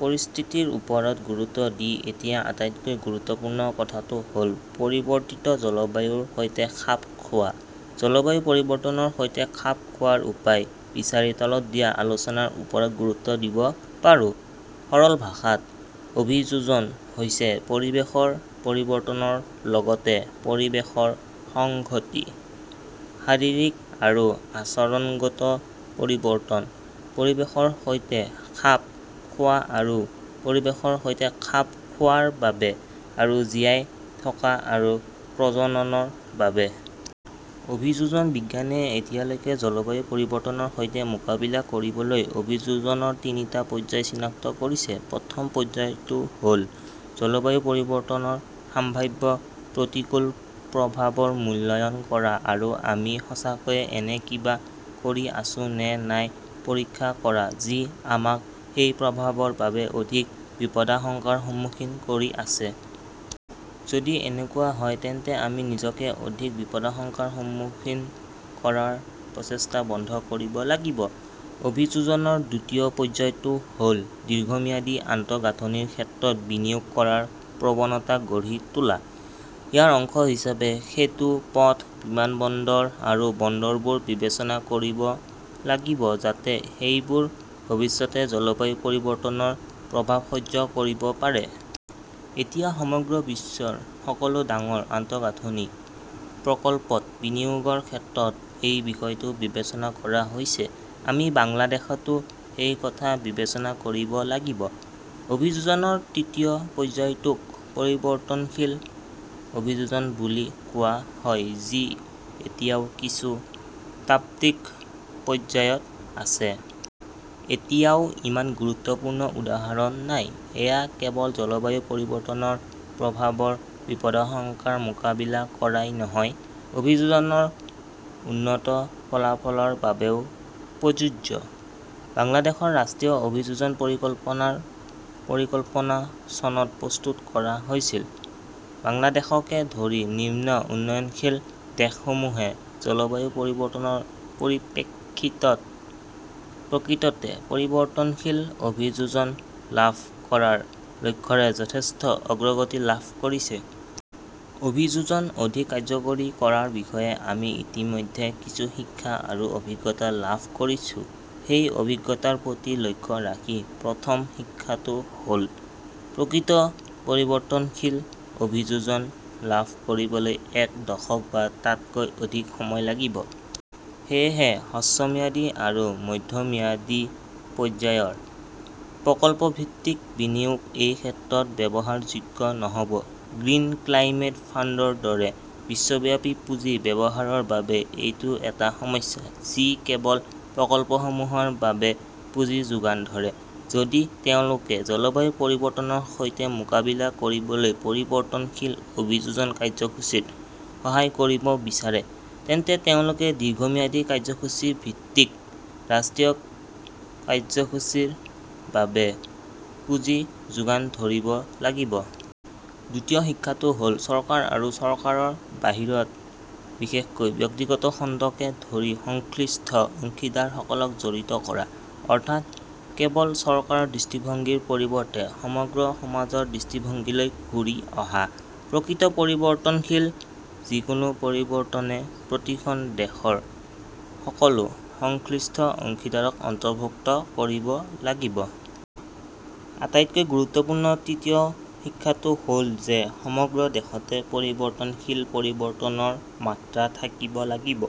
পৰিস্থিতিৰ ওপৰত গুৰুত্ব দি এতিয়া আটাইতকৈ গুৰুত্বপূৰ্ণ কথাটো হ'ল, পৰিৱৰ্তিত জলবায়ুৰ সৈতে খাপ খোৱা। জলবায়ু পৰিৱৰ্তনৰ সৈতে খাপ খোৱাৰ উপায় বিচাৰি তলত দিয়া আলোচনাৰ ওপৰত গুৰুত্ব দিব পাৰোঁ। সৰল ভাষাত, অভিযোজন হৈছে পৰিৱেশৰ পৰিৱৰ্তনৰ লগতে পৰিৱেশৰ সংহতি, শাৰীৰিক আৰু আচৰণগত পৰিৱৰ্তন, পৰিৱেশৰ সৈতে খাপ খোৱা আৰু পৰিৱেশৰ সৈতে খাপ খোৱাৰ বাবে আৰু জীয়াই থকা আৰু প্ৰজননৰ বাবে। অভিযোজন বিজ্ঞানে এতিয়ালৈকে জলবায়ু পৰিৱৰ্তনৰ সৈতে মোকাবিলা কৰিবলৈ অভিযোজনৰ তিনিটা পৰ্যায় চিনাক্ত কৰিছে। প্ৰথম পৰ্যায়টো হ'ল, জলবায়ু পৰিৱৰ্তনৰ সম্ভাৱ্য প্ৰতিকূল প্ৰভাৱৰ মূল্যায়ন কৰা আৰু আমি সঁচাকৈয়ে এনে কিবা কৰি আছোঁ নে নাই পৰীক্ষা কৰা, যি আমাক সেই প্ৰভাৱৰ বাবে অধিক বিপদাশংকাৰ সন্মুখীন কৰি আছে। যদি এনেকুৱা হয়, তেন্তে আমি নিজকে অধিক বিপদাশংকাৰ সন্মুখীন কৰাৰ প্ৰচেষ্টা বন্ধ কৰিব লাগিব। অভিযোজনৰ দ্বিতীয় পৰ্যায়টো হ'ল দীৰ্ঘম্যাদী আন্তঃগাঁথনিৰ ক্ষেত্ৰত বিনিয়োগ কৰাৰ প্ৰৱণতা গঢ়ি তোলা। ইয়াৰ অংশ হিচাপে, সেতু, পথ, বিমানবন্দৰ আৰু বন্দৰবোৰ বিবেচনা কৰিব লাগিব যাতে সেইবোৰ ভৱিষ্যতে জলবায়ু পৰিৱৰ্তনৰ প্ৰভাৱ সহ্য কৰিব পাৰে। এতিয়া সমগ্ৰ বিশ্বৰ সকলো ডাঙৰ আন্তঃগাঁথনি প্ৰকল্পত বিনিয়োগৰ ক্ষেত্ৰত এই বিষয়টো বিবেচনা কৰা হৈছে। আমি বাংলাদেশতো সেই কথা বিবেচনা কৰিব লাগিব। অভিযোজনৰ তৃতীয় পৰ্যায়টোক পৰিৱৰ্তনশীল অভিযোজন বুলি কোৱা হয়, যি এতিয়াও কিছু তাত্ত্বিক পৰ্যায়ত আছে। এতিয়াও ইমান গুৰুত্বপূৰ্ণ উদাহৰণ নাই। এয়া কেৱল জলবায়ু পৰিৱৰ্তনৰ প্ৰভাৱৰ বিপদাশংকাৰ মোকাবিলা কৰাই নহয়, অভিযোজনৰ উন্নত ফলাফলৰ বাবেও প্ৰযোজ্য। বাংলাদেশৰ ৰাষ্ট্ৰীয় অভিযোজন পৰিকল্পনাৰ পৰিকল্পনা চনত প্ৰস্তুত কৰা হৈছিল। বাংলাদেশকে ধৰি নিম্ন উন্নয়নশীল দেশসমূহে জলবায়ু পৰিৱৰ্তনৰ পৰিপ্ৰেক্ষিতত প্ৰকৃততে পৰিৱৰ্তনশীল অভিযোজন লাভ কৰাৰ লক্ষ্যৰে যথেষ্ট অগ্ৰগতি লাভ কৰিছে। অভিযোজন অধিক কাৰ্যকৰী কৰাৰ বিষয়ে আমি ইতিমধ্যে কিছু শিক্ষা আৰু অভিজ্ঞতা লাভ কৰিছো। সেই অভিজ্ঞতাৰ প্ৰতি লক্ষ্য ৰাখি প্ৰথম শিক্ষাটো হ'ল, প্ৰকৃত পৰিৱৰ্তনশীল অভিযোজন লাভ কৰিবলৈ এক দশক বা তাতকৈ অধিক সময় লাগিব। সেয়েহে, হ্ৰস্বম্যাদী আৰু মধ্যমীয়া পৰ্য্যায়ৰ প্ৰকল্পভিত্তিক বিনিয়োগ এই ক্ষেত্ৰত ব্যৱহাৰযোগ্য নহ'ব। গ্ৰীণ ক্লাইমেট ফাণ্ডৰ দৰে বিশ্বব্যাপী পুঁজি ব্যৱহাৰৰ বাবে এইটো এটা সমস্যা, যি কেৱল প্ৰকল্পসমূহৰ বাবে পুঁজি যোগান ধৰে। যদি তেওঁলোকে জলবায়ু পৰিৱৰ্তনৰ সৈতে মোকাবিলা কৰিবলৈ পৰিৱৰ্তনশীল অভিযোজন কাৰ্যসূচীত সহায় কৰিব বিচাৰে, তেন্তে তেওঁলোকে দীৰ্ঘম্যাদী কাৰ্যসূচী ভিত্তিক ৰাষ্ট্ৰীয় কাৰ্যসূচীৰ বাবে পুঁজি যোগান ধৰিব লাগিব। দ্বিতীয় শিক্ষাটো হ'ল, চৰকাৰ আৰু চৰকাৰৰ বাহিৰত বিশেষকৈ ব্যক্তিগত খণ্ডকে ধৰি সংশ্লিষ্ট অংশীদাৰসকলক জড়িত কৰা। অৰ্থাৎ, কেৱল চৰকাৰৰ দৃষ্টিভংগীৰ পৰিৱৰ্তে সমগ্ৰ সমাজৰ দৃষ্টিভংগীলৈ ঘূৰি অহা। প্ৰকৃত পৰিৱৰ্তনশীল যিকোনো পৰিৱৰ্তনে প্ৰতিখন দেশৰ সকলো সংশ্লিষ্ট অংশীদাৰক অন্তৰ্ভুক্ত কৰিব লাগিব। আটাইতকৈ গুৰুত্বপূৰ্ণ তৃতীয় শিক্ষাটো হ'ল যে, সমগ্ৰ দেশতে পৰিৱৰ্তনশীল পৰিৱৰ্তনৰ মাত্ৰা থাকিব লাগিব।